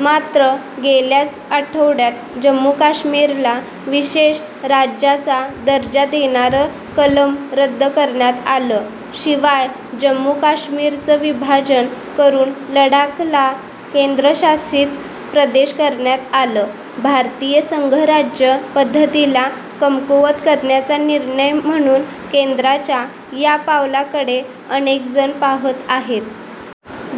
मात्र, गेल्याच आठवड्यात जम्मू-काश्मीरला विशेष राज्याचा दर्जा देणारं कलम रद्द करण्यात आलं. शिवाय, जम्मू-काश्मीरचं विभाजन करून लडाखला केंद्रशासित प्रदेश करण्यात आलं. भारतीय संघराज्य पद्धतीला कमकुवत करण्याचा निर्णय म्हणून केंद्राच्या या पावलाकडे अनेकजण पाहत आहेत.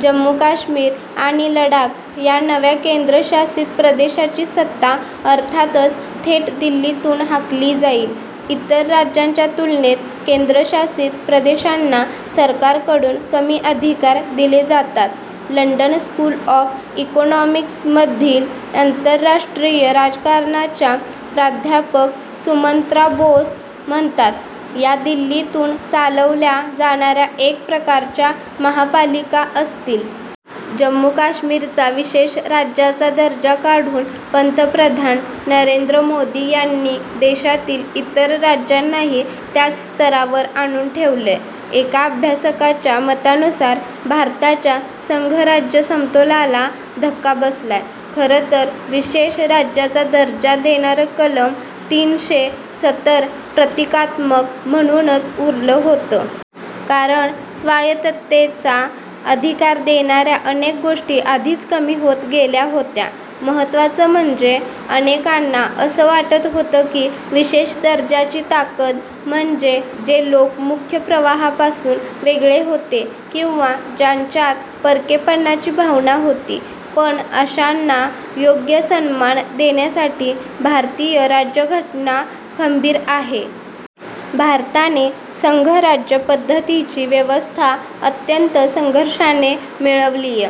जम्मू-काश्मीर आणि लडाख या नव्या केंद्रशासित प्रदेशाची सत्ता अर्थातच थेट दिल्लीतून हाकली जाईल. इतर राज्यांच्या तुलनेत केंद्रशासित प्रदेशांना सरकारकडून कमी अधिकार दिले जातात. लंडन स्कूल ऑफ इकॉनॉमिक्समधील आंतरराष्ट्रीय राजकारणाच्या प्राध्यापक सुमंत्रा बोस म्हणतात, या दिल्लीतून चालवल्या जाणाऱ्या एक प्रकारच्या महापालिका असतील. जम्मू-काश्मीरचा विशेष राज्याचा दर्जा काढून पंतप्रधान नरेंद्र मोदी यांनी देशातील इतर राज्यांनाही त्याच स्तरावर आणून ठेवलंय. एका अभ्यासकाच्या मतानुसार भारताच्या संघराज्य समतोलाला धक्का बसलाय. खरंतर विशेष राज्याचा दर्जा देणारं कलम तीनशे सतर प्रतिकात्मक म्हणूनच उरलं होतं. कारण स्वायत्ततेचा अधिकार देणाऱ्या अनेक गोष्टी आधीच कमी होत गेल्या होत्या. महत्त्वाचं म्हणजे अनेकांना असं वाटत होतं की विशेष दर्जाची ताकद म्हणजे जे लोक मुख्य प्रवाहापासून वेगळे होते किंवा ज्यांच्यात परकेपणाची भावना होती, पण अशांना योग्य सन्मान देण्यासाठी भारतीय राज्यघटना खंबीर आहे. भारताने संघराज्य पद्धतीची व्यवस्था अत्यंत संघर्षाने मिळवलीय.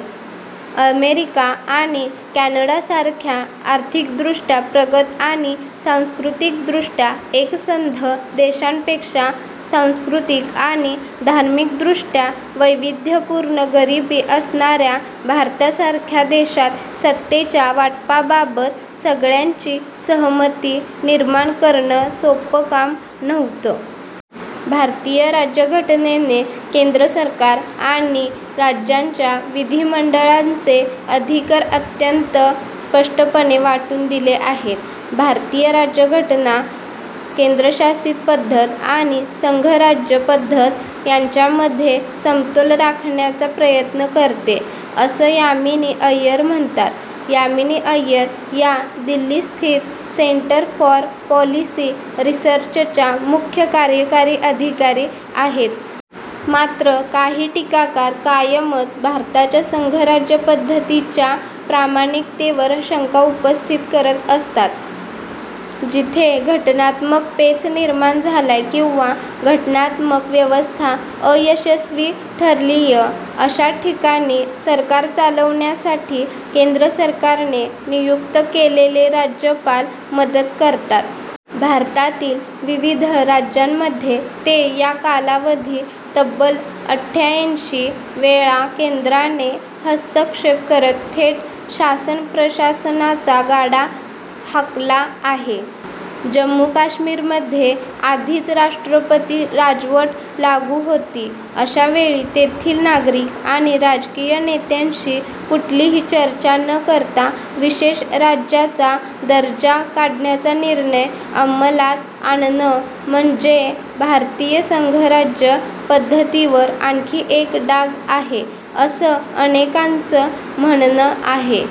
अमेरिका आणि कॅनडासारख्या आर्थिकदृष्ट्या प्रगत आणि सांस्कृतिकदृष्ट्या एकसंध देशांपेक्षा सांस्कृतिक आणि धार्मिकदृष्ट्या वैविध्यपूर्ण गरिबी असणाऱ्या भारतासारख्या देशात सत्तेच्या वाटपाबाबत सगळ्यांची सहमती निर्माण करणं सोपं काम नव्हतं. भारतीय राज्यघटनेने केंद्र सरकार आणि राज्यांच्या विधिमंडळांचे अधिकर अत्यंत स्पष्टपणे वाटून दिले आहेत. भारतीय राज्यघटना केंद्रशासित पद्धत आणि संघराज्य पद्धत यांच्यामध्ये समतोल राखण्याचा प्रयत्न करते, असं यामिनी अय्यर म्हणतात. यामिनी अय्यर या दिल्लीस्थित सेंटर फॉर पॉलिसी रिसर्चच्या मुख्य कार्यकारी अधिकारी आहेत. मात्र, काही टीकाकार कायमच भारताच्या संघराज्य पद्धतीच्या प्रामाणिकतेवर शंका उपस्थित करत असतात. जिथे घटनात्मक पेच निर्माण झालाय किंवा घटनात्मक व्यवस्था अयशस्वी ठरलीय, अशा ठिकाणी सरकार चालवण्यासाठी केंद्र सरकारने नियुक्त केलेले राज्यपाल मदत करतात. भारतातील विविध राज्यांमध्ये ते या कालावधी तब्बल अठ्ठ्याऐंशी वेळा केंद्राने हस्तक्षेप करत थेट शासन-प्रशासनाचा गाडा हाकला आहे. जम्मू-काश्मीरमध्ये आधीच राष्ट्रपती राजवट लागू होती. अशावेळी तेथील नागरिक आणि राजकीय नेत्यांशी कुठलीही चर्चा न करता विशेष राज्याचा दर्जा काढण्याचा निर्णय अंमलात आणणं म्हणजे भारतीय संघराज्य पद्धतीवर आणखी एक डाग आहे, असं अनेकांचं म्हणणं आहे.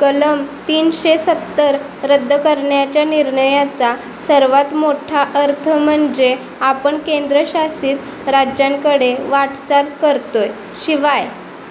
कलम तीनशे सत्तर रद्द करण्याच्या निर्णयाचा सर्वांत मोठा अर्थ म्हणजे आपण केंद्रशासित राज्यांकडे वाटचाल करतोय. शिवाय